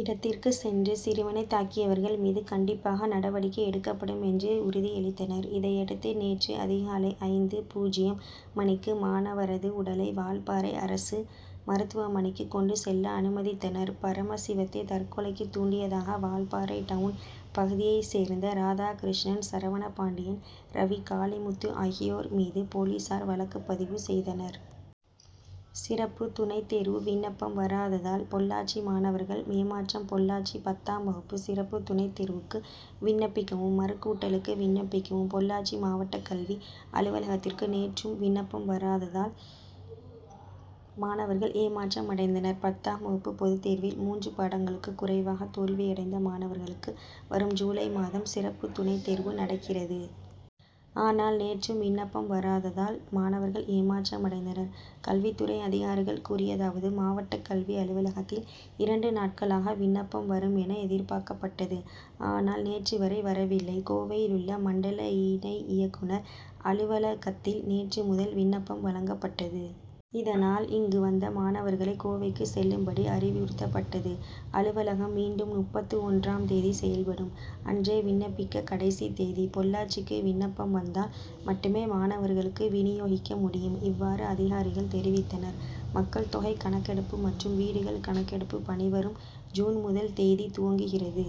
இடத்திற்கு சென்று, சிறுவனை தாக்கியவர்கள் மீது கண்டிப்பாக நடவடிக்கை எடுக்கப்படும் என்று உறுதியளித்தனர். இதையடுத்து நேற்று அதிகாலை ஐந்து.பூஜ்யம் மணிக்கு மாணவரது உடலை வால்பாறை அரசு மருத்துவமனைக்கு கொண்டு செல்ல அனுமதித்தனர். பரமசிவத்தை தற்கொலைக்கு தூண்டியதாக வால்பாறை டவுன் பகுதியை சேர்ந்த, ராதாகிருஷ்ணன், சரவணபாண்டியன், ரவி, காளிமுத்து ஆகியோர் மீது போலீசார் வழக்குப்பதிவு செய்தனர். சிறப்பு துணைத்தேர்வு விண்ணப்பம் வராததால் பொள்ளாச்சி மாணவர்கள் ஏமாற்றம் பொள்ளாச்சி பத்தாம் வகுப்பு சிறப்பு துணைத் தேர்வுக்கு விண்ணப்பிக்கவும், மறுக் கூட்டலுக்கு விண்ணப்பிக்கவும் பொள்ளாச்சி மாவட்ட கல்வி அலுவலகத்திற்கு நேற்றும் விண்ணப்பம் வராததால், மாணவர்கள் ஏமாற்ற மடைந்தனர். பத்தாம் வகுப்பு பொதுத்தேர்வில், மூன்று பாடங்களுக்கு குறைவாக தோல்வி அடைந்த மாணவர்களுக்கு வரும் ஜூலை மாதம் சிறப்பு துணைத்தேர்வு நடக்கிறது. ஆனால், நேற்றும் விண்ணப்பம் வராததால், மாணவர்கள் ஏமாற்றமடைந்தனர். கல்வித் துறை அதிகாரிகள் கூறியதாவது மாவட்ட கல்வி அலுவலகத்தில், இரண்டு நாட்களாக விண்ணப்பம் வரும் என எதிர்பார்க்கப்பட்டது. ஆனால், நேற்று வரை வரவில்லை. கோவையிலுள்ள மண்டல இணை இயக்குனர் அலுவல கத்தில், நேற்று முதல் விண்ணப்பம் வழங்கப்பட்டது. இதனால், இங்கு வந்த மாணவர்களை கோவைக்கு செல்லும்படி அறிவுறுத்தப்பட்டது. அலுவலகம் மீண்டும் முப்பத்து ஒன்றாம் தேதி செயல்படும், அன்றே விண்ணப்பிக்க கடைசி தேதி. பொள்ளாச்சிக்கு விண் ணப்பம் வந்தால் மட்டுமே மாணவர்களுக்கு வினியோகிக்க முடியும். இவ்வாறு அதிகாரிகள் தெரிவித்தனர். மக்கள் தொகை கணக்கெடுப்பு மற்றும் வீடுகள் கணக்கெடுப்பு பணி வரும் ஜூன் முதல் தேதி துவங்குகிறது.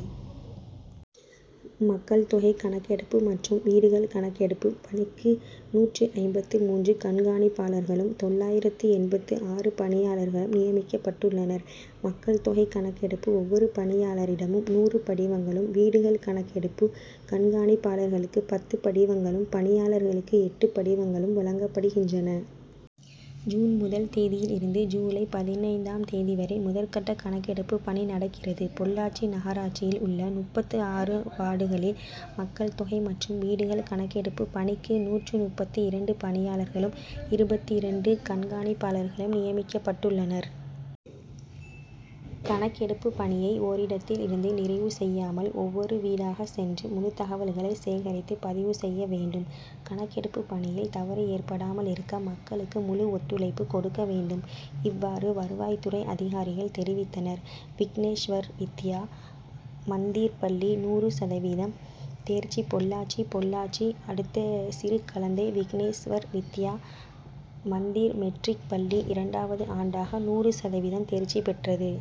மக்கள் தொகை கணக்கெடுப்பு மற்றும் வீடுகள் கணக்கெடுப்பு பணிக்கு நூற்று ஐம்பத்து மூன்று கண்காணிப்பாளர்களும், தொள்ளாயிரத்து எண்பத்து ஆறு பணியாளர்களும் நியமிக்கப்பட்டுள்ளனர். மக்கள் தொகை கணக்கெடுப்பு ஒவ்வொரு பணியாளரிடமும் நூறு படிவங்களும், வீடுகள் கணக் கெடுப்பு கண்காணிப்பாளர்களுக்கு பத்து படிவங்களும், பணி யாளர்களுக்கு எட்டு படிவங்களும் வழங்கப்படுகின்றன. ஜூன் முதல் தேதியில் இருந்து ஜூலை பதினைந்து ம் தேதி வரை முதற்கட்ட கணக்கெடுப்பு பணி நடக்கிறது. பொள்ளாச்சி நகராட்சியில் உள்ள முப்பத்து ஆறு வார்டுகளில் மக்கள் தொகை மற்றும் வீடுகள் கணக்கெடுப்பு பணிக்கு நூற்று முப்பத்து இரண்டு பணியாளர்களும், இருபத்து இரண்டு கண்காணிப் பாளர்களும் நியமிக்கப்பட்டுள்ளனர். கணக்கெடுப்பு பணியை ஓரிடத்தில் இருந்து நிறைவு செய்யாமல், ஒவ்வொரு வீடாக சென்று முழு தகவல்களை சேகரித்து பதிவு செய்ய வேண்டும். கணக்கெடுப்பு பணியில் தவறு ஏற்படாமல் இருக்க மக்களுக்கு முழு ஒத்துழைப்பு கொடுக்க வேண்டும். இவ்வாறு வருவாய்த்துறை அதிகாரிகள் தெரிவித்தனர். விக்னேஸ்வர் வித்யா மந்திர் பள்ளி நூறு சதவீதம் தேர்ச்சி பொள்ளாச்சி பொள்ளாச்சி அடுத்த சிறுக்களந்தை விக்னேஷ் வர் வித்யா மந்திர் மெட்ரிக் பள்ளி இரண்டாவது ஆண்டாக நூறு சதவீதம் தேர்ச்சி பெற்றது.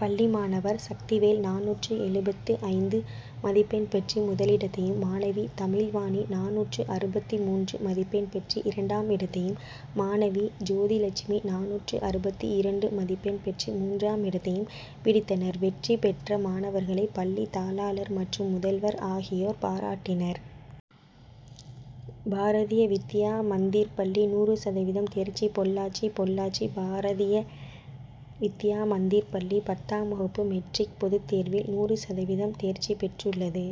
பள்ளி மாணவர் சக்திவேல் நானூற்று எழுபத்து ஐந்து மதிப்பெண் பெற்று முதலிடத்தையும், மாணவி தமிழ்வாணி நானூற்று அறுபத்து மூன்று மதிப்பெண் பெற்று இரண்டாம் இடத்தையும், மாணவி ஜோதிலட்சுமி நானூற்று அறுபத்து இரண்டு மதிப்பெண் பெற்று மூன்றாமிடத்தையும் பிடித்தனர். வெற்றி பெற்ற மாணவர்களை பள்ளி தாளாளர் மற்றும் முதல்வர் ஆகியோர் பாராட்டினர். பாரதிய வித்யா மந்திர் பள்ளி நூறு சதவீதம் தேர்ச்சி பொள்ளாச்சி பொள்ளாச்சி பாரதிய வித்யா மந்திர் பள்ளி பத்தாம் வகுப்பு மெட்ரிக் பொதுத்தேர்வில், நூறு சதவீதம் தேர்ச்சி பெற்றுள்ளது.